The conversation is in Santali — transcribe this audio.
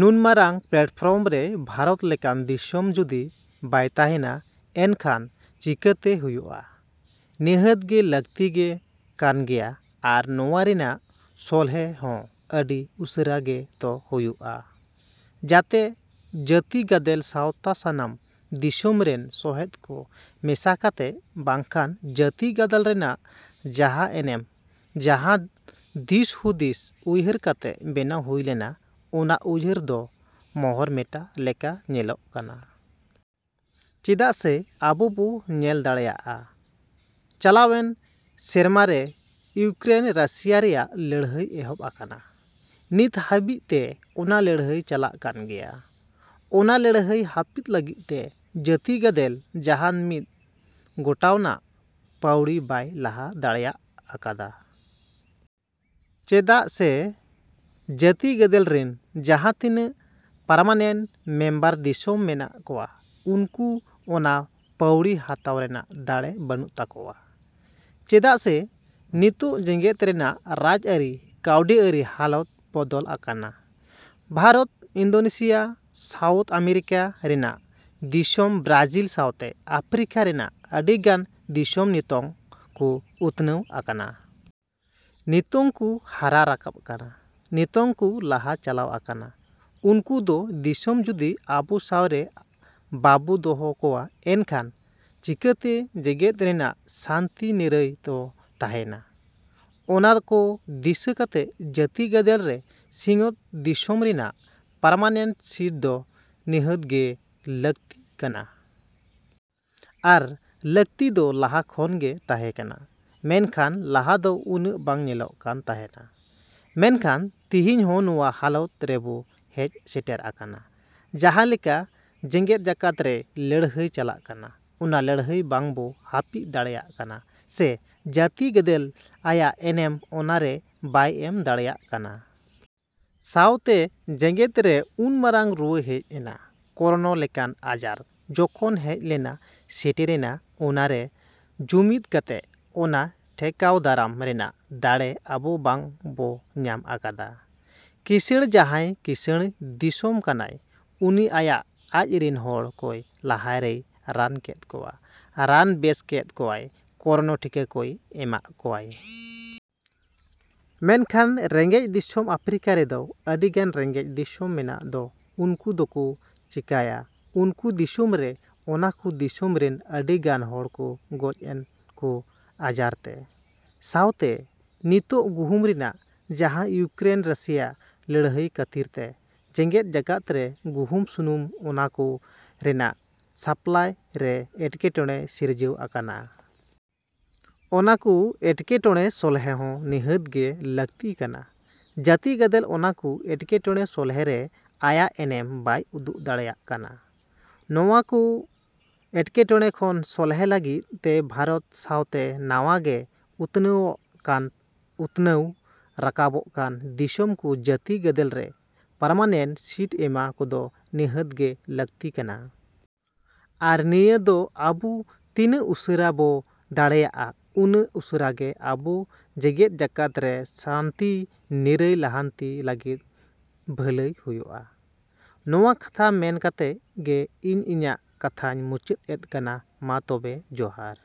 ᱱᱩᱱ ᱢᱟᱨᱟᱝ ᱯᱞᱟᱴᱯᱷᱚᱨᱢ ᱨᱮ ᱵᱷᱟᱨᱚᱛ ᱞᱮᱠᱟᱱ ᱫᱤᱥᱚᱢ ᱡᱩᱫᱤ ᱵᱟᱭ ᱛᱟᱦᱮᱱᱟ ᱮᱱᱠᱷᱟᱱ ᱪᱤᱠᱟᱹᱛᱮ ᱦᱩᱭᱩᱜᱼᱟ᱾ ᱱᱤᱦᱟᱹᱛ ᱜᱮ ᱞᱟᱹᱠᱛᱤ ᱜᱮ ᱠᱟᱱ ᱜᱮᱭᱟ ᱟᱨ ᱱᱚᱶᱟ ᱨᱮᱱᱟᱜ ᱥᱚᱞᱦᱮ ᱦᱚᱸ ᱟᱹᱰᱤ ᱩᱥᱟᱹᱨᱟ ᱜᱮ ᱛᱚ ᱦᱩᱭᱩᱜᱼᱟ᱾ ᱡᱟᱛᱮ ᱡᱟᱹᱛᱤ ᱜᱟᱫᱮᱞ ᱥᱟᱶᱛᱮ ᱥᱟᱱᱟᱢ ᱫᱤᱥᱚᱢ ᱨᱤᱱ ᱥᱚᱦᱮᱫ ᱠᱚ ᱢᱮᱥᱟ ᱠᱟᱛᱮ ᱵᱟᱝᱠᱷᱟᱱ ᱡᱟᱹᱛᱤ ᱜᱟᱫᱮᱞ ᱨᱮᱱᱟᱜ ᱡᱟᱦᱟᱸ ᱮᱱᱮᱢ ᱡᱟᱦᱟᱸ ᱫᱤᱥ ᱦᱩᱫᱤᱥ ᱩᱭᱦᱟᱹᱨ ᱠᱟᱛᱮ ᱵᱮᱱᱟᱣ ᱦᱩᱭ ᱞᱮᱱᱟ ᱚᱱᱟ ᱩᱭᱦᱟᱹᱨ ᱫᱚ ᱢᱚᱦᱚᱨ ᱢᱮᱴᱟᱜ ᱞᱮᱠᱟ ᱧᱮᱞᱚᱜ ᱠᱟᱱᱟ᱾ ᱪᱮᱫᱟᱜ ᱥᱮ ᱟᱵᱚ ᱵᱚ ᱧᱮᱞ ᱫᱟᱲᱮᱭᱟᱜᱼᱟ ᱪᱟᱞᱟᱣᱮᱱ ᱥᱮᱨᱢᱟ ᱨᱮ ᱤᱭᱩᱠᱨᱮᱱ ᱨᱟᱥᱤᱭᱟ ᱨᱮᱭᱟᱜ ᱞᱟᱹᱲᱦᱟᱹᱭ ᱮᱦᱚᱵ ᱟᱠᱟᱱᱟ᱾ ᱱᱤᱛ ᱦᱟᱹᱵᱤᱡ ᱛᱮ ᱚᱱᱟ ᱞᱟᱹᱲᱦᱟᱹᱭ ᱪᱟᱞᱟᱜ ᱠᱟᱱ ᱜᱮᱭᱟ᱾ ᱚᱱᱟ ᱞᱟᱹᱲᱦᱟᱹᱭ ᱦᱟᱯᱤᱫ ᱞᱟᱹᱜᱤᱫ ᱛᱮ ᱡᱟᱹᱛᱤ ᱜᱟᱫᱮᱞ ᱡᱟᱦᱟᱱ ᱢᱤᱫ ᱜᱚᱴᱟᱣᱟᱱᱟᱜ ᱯᱟᱹᱣᱲᱤ ᱵᱟᱭ ᱞᱟᱦᱟ ᱫᱟᱲᱮᱭᱟᱜ ᱟᱠᱟᱫᱟ᱾ ᱪᱮᱫᱟᱜ ᱥᱮ ᱡᱟᱹᱛᱤ ᱜᱟᱫᱮᱞ ᱨᱤᱱ ᱡᱟᱦᱟᱸ ᱛᱤᱱᱟᱹᱜ ᱯᱟᱨᱢᱟᱱᱮᱱᱴ ᱢᱮᱢᱵᱟᱨ ᱫᱤᱥᱚᱢ ᱢᱮᱱᱟᱜ ᱠᱚᱣᱟ ᱩᱱᱠᱩ ᱚᱱᱟ ᱯᱟᱹᱣᱲᱤ ᱦᱟᱛᱟᱣ ᱨᱮᱱᱟᱜ ᱫᱟᱲᱮ ᱵᱟᱹᱱᱩᱜ ᱛᱟᱠᱚᱣᱟ᱾ ᱪᱮᱫᱟᱜ ᱥᱮ ᱱᱤᱛᱚᱝ ᱡᱮᱜᱮᱫ ᱨᱮᱱᱟᱜ ᱨᱟᱡᱽ ᱟᱹᱨᱤ ᱠᱟᱹᱣᱰᱤ ᱟᱹᱨᱤ ᱦᱟᱞᱚᱛ ᱵᱚᱫᱚᱞ ᱟᱠᱟᱱᱟ᱾ ᱵᱷᱟᱨᱚᱛ ᱤᱱᱫᱳᱱᱮᱥᱤᱭᱟ ᱥᱟᱣᱩᱛᱷ ᱟᱢᱮᱨᱤᱠᱟ ᱨᱮᱱᱟᱜ ᱫᱤᱥᱚᱢ ᱵᱨᱟᱡᱤᱞ ᱥᱟᱶᱛᱮ ᱟᱯᱷᱨᱤᱠᱟ ᱨᱮᱱᱟᱜ ᱟᱹᱰᱤ ᱜᱟᱱ ᱫᱤᱥᱚᱢ ᱱᱤᱛᱚᱝ ᱠᱚ ᱩᱛᱱᱟᱹᱣ ᱟᱠᱟᱱᱟ᱾ ᱱᱤᱛᱚᱝ ᱠᱚ ᱦᱟᱨᱟ ᱨᱟᱠᱟᱵ ᱟᱠᱟᱱᱟ ᱱᱤᱛᱚᱝ ᱠᱚ ᱞᱟᱦᱟ ᱪᱟᱞᱟᱣ ᱟᱠᱟᱱᱟ᱾ ᱩᱱᱠᱩ ᱠᱚ ᱫᱤᱥᱚᱢ ᱡᱩᱫᱤ ᱟᱵᱚ ᱥᱟᱶ ᱨᱮ ᱵᱟᱵᱚ ᱫᱚᱦᱚ ᱠᱚᱣᱟ ᱮᱱᱠᱷᱟᱱ ᱪᱤᱠᱟᱹᱛᱮ ᱡᱮᱜᱮᱫ ᱨᱮᱱᱟᱜ ᱥᱟᱱᱛᱤ ᱱᱤᱨᱟᱹᱭ ᱫᱚ ᱛᱟᱦᱮᱱᱟ᱾ ᱚᱱᱟ ᱠᱚ ᱫᱤᱥᱟᱹ ᱠᱟᱛᱮ ᱡᱟᱹᱛᱤ ᱜᱟᱫᱮᱞ ᱨᱮ ᱥᱤᱧ ᱚᱛ ᱫᱤᱥᱚᱢ ᱨᱮᱱᱟᱜ ᱯᱟᱨᱢᱟᱱᱮᱱᱴ ᱥᱤᱴ ᱫᱚ ᱱᱤᱦᱟᱹᱛ ᱜᱮ ᱞᱟᱹᱠᱛᱤ ᱠᱟᱱᱟ᱾ ᱟᱨ ᱞᱟᱠᱛᱤ ᱫᱚ ᱞᱟᱦᱟ ᱠᱷᱚᱱ ᱜᱮ ᱛᱟᱦᱮᱸ ᱠᱟᱱᱟ᱾ ᱢᱮᱱᱠᱷᱟᱱ ᱞᱟᱦᱟ ᱫᱚ ᱩᱱᱟᱹᱜ ᱵᱟᱝ ᱧᱮᱞᱚᱜ ᱠᱟᱱ ᱛᱟᱦᱮᱱᱟ᱾ ᱢᱮᱱᱠᱷᱟᱱ ᱛᱮᱦᱮᱧ ᱦᱚᱸ ᱱᱚᱶᱟ ᱦᱟᱞᱚᱛ ᱨᱮᱵᱚ ᱦᱮᱡ ᱥᱮᱴᱮᱨ ᱟᱠᱟᱱᱟ ᱡᱟᱦᱟᱸ ᱞᱮᱠᱟ ᱡᱮᱜᱮᱫ ᱡᱟᱠᱟᱛ ᱨᱮ ᱞᱟᱹᱲᱦᱟᱹᱭ ᱪᱟᱞᱟᱜ ᱠᱟᱱᱟ ᱚᱱᱟ ᱞᱟᱹᱲᱦᱟᱹᱭ ᱵᱟᱝ ᱵᱚ ᱦᱟᱯᱤᱫ ᱫᱟᱲᱮᱭᱟᱜ ᱠᱟᱱᱟ ᱥᱮ ᱡᱟᱹᱛᱤ ᱜᱟᱫᱮᱞ ᱟᱭᱟᱜ ᱮᱱᱮᱢ ᱚᱱᱟ ᱨᱮ ᱵᱟᱭ ᱮᱢ ᱫᱟᱲᱮᱭᱟᱜ ᱠᱟᱱᱟ᱾ ᱥᱟᱶᱛᱮ ᱡᱮᱜᱮᱫ ᱨᱮ ᱩᱱ ᱢᱟᱨᱟᱝ ᱨᱩᱣᱟᱹ ᱦᱮᱡ ᱮᱱᱟ ᱠᱳᱨᱳᱱᱟ ᱞᱮᱠᱟᱱ ᱟᱡᱟᱨ ᱡᱚᱠᱷᱚᱱ ᱦᱮᱡ ᱞᱮᱱᱟ ᱥᱮᱴᱮᱨᱮᱱᱟ ᱚᱱᱟ ᱨᱮ ᱡᱩᱢᱤᱫ ᱠᱟᱛᱮ ᱚᱱᱟ ᱴᱮᱠᱟᱣ ᱫᱟᱨᱟᱢ ᱨᱮᱱᱟᱜ ᱫᱟᱲᱮ ᱟᱵᱚ ᱵᱟᱝ ᱵᱚ ᱧᱟᱢ ᱟᱠᱟᱫᱟ᱾ ᱠᱤᱥᱟᱹᱬ ᱡᱟᱦᱟᱸᱭ ᱠᱤᱥᱟᱹᱬ ᱫᱤᱥᱚᱢ ᱠᱟᱱᱟᱭ ᱩᱱᱤ ᱟᱭᱟᱜ ᱟᱡ ᱨᱤᱱ ᱦᱚᱲ ᱠᱚᱭ ᱞᱟᱦᱟ ᱨᱮᱭ ᱨᱟᱱ ᱠᱮᱫ ᱠᱚᱣᱟ ᱨᱟᱱ ᱵᱮᱥ ᱠᱮᱫ ᱠᱚᱣᱟᱭ ᱠᱳᱨᱳᱱᱟ ᱴᱤᱠᱟ ᱠᱚᱭ ᱮᱢᱟᱜ ᱠᱚᱣᱟᱭ᱾ ᱢᱮᱱᱠᱷᱟᱱ ᱨᱮᱸᱜᱮᱡ ᱫᱤᱥᱚᱢ ᱟᱯᱷᱨᱤᱠᱟ ᱨᱮᱫᱚ ᱟᱹᱰᱤ ᱜᱟᱱ ᱨᱮᱸᱜᱮᱡ ᱫᱤᱥᱚᱢ ᱢᱮᱱᱟᱜ ᱫᱚ ᱩᱱᱠᱩ ᱫᱚᱠᱚ ᱪᱮᱠᱟᱭᱟ ᱩᱱᱠᱩ ᱫᱤᱥᱚᱢ ᱨᱮ ᱚᱱᱟ ᱠᱚ ᱫᱤᱥᱚᱢ ᱨᱤᱱ ᱟᱹᱰᱤ ᱜᱟᱱ ᱦᱚᱲ ᱠᱚ ᱜᱚᱡ ᱮᱱᱟ ᱠᱚ ᱟᱡᱟᱨ ᱛᱮ᱾ ᱥᱟᱶᱛᱮ ᱱᱤᱛᱚᱝ ᱜᱩᱦᱩᱢ ᱨᱮᱱᱟᱜ ᱡᱟᱦᱟᱸ ᱤᱭᱩᱠᱨᱮᱱ ᱨᱟᱥᱤᱭᱟ ᱞᱟᱹᱲᱦᱟᱹᱭ ᱠᱷᱟᱹᱛᱤᱨ ᱛᱮ ᱡᱮᱜᱮᱫ ᱡᱟᱠᱟᱛ ᱨᱮ ᱜᱩᱦᱩᱢ ᱥᱩᱱᱩᱢ ᱚᱱᱟ ᱠᱚ ᱨᱮᱱᱟᱜ ᱥᱟᱯᱞᱟᱭ ᱨᱮ ᱮᱴᱠᱮᱴᱚᱬᱮ ᱥᱤᱨᱡᱟᱹᱣ ᱟᱠᱟᱱᱟ᱾ ᱚᱱᱟ ᱠᱩ ᱮᱴᱠᱮᱴᱚᱬᱮ ᱥᱚᱞᱦᱮ ᱦᱚᱸ ᱱᱤᱦᱟᱹᱛ ᱜᱮ ᱞᱟᱠᱛᱤ ᱠᱟᱱᱟ᱾ ᱡᱟᱹᱛᱤ ᱜᱟᱫᱮᱞ ᱚᱱᱟ ᱠᱚ ᱮᱴᱠᱮᱴᱚᱬᱮ ᱥᱚᱞᱦᱮ ᱨᱮ ᱟᱭᱟᱜ ᱮᱱᱮᱢ ᱵᱟᱭ ᱩᱫᱩᱜ ᱫᱟᱲᱮᱭᱟᱜ ᱠᱟᱱᱟ᱾ ᱱᱚᱶᱟ ᱠᱚ ᱮᱴᱠᱮᱴᱚᱬᱮ ᱠᱷᱚᱱ ᱥᱚᱞᱦᱮ ᱞᱟᱹᱜᱤᱫ ᱛᱮ ᱵᱷᱟᱨᱚᱛ ᱥᱟᱶᱛᱮ ᱱᱟᱶᱟ ᱜᱮ ᱩᱛᱱᱟᱹᱣᱚᱜ ᱠᱟᱱ ᱩᱛᱱᱟᱹᱣ ᱨᱟᱠᱟᱵᱚᱜ ᱠᱟᱱ ᱫᱤᱥᱚᱢ ᱠᱚ ᱡᱟᱹᱛᱤ ᱜᱟᱫᱮᱞ ᱨᱮ ᱯᱟᱨᱢᱟᱱᱮᱱᱴ ᱥᱤᱴ ᱮᱢᱟ ᱠᱚᱫᱚ ᱱᱤᱦᱟᱹᱛ ᱜᱮ ᱞᱟᱹᱠᱛᱤ ᱠᱟᱱᱟ᱾ ᱟᱨ ᱱᱤᱭᱟᱹ ᱫᱚ ᱟᱵᱩ ᱛᱤᱱᱟᱹᱜ ᱩᱥᱟᱹᱨᱟ ᱵᱚ ᱫᱟᱲᱮᱭᱟᱜᱼᱟ ᱩᱱᱟᱹᱜ ᱩᱥᱟᱹᱨᱟ ᱜᱮ ᱟᱵᱚ ᱡᱮᱜᱮᱫ ᱡᱟᱠᱟᱛ ᱨᱮ ᱥᱟᱱᱛᱤ ᱱᱤᱨᱟᱹᱭ ᱞᱟᱦᱟᱱᱛᱤ ᱞᱟᱹᱜᱤᱫ ᱵᱷᱟᱹᱞᱟᱹᱭ ᱦᱩᱭᱩᱜᱼᱟ᱾ ᱱᱚᱶᱟ ᱠᱟᱛᱷᱟ ᱢᱮᱱ ᱠᱟᱛᱮ ᱜᱮ ᱤᱧ ᱤᱧᱟᱹᱜ ᱠᱟᱛᱷᱟᱧ ᱢᱩᱪᱟᱹᱫ ᱮᱫ ᱠᱟᱱᱟ ᱢᱟ ᱛᱚᱵᱮ ᱡᱚᱦᱟᱨ᱾।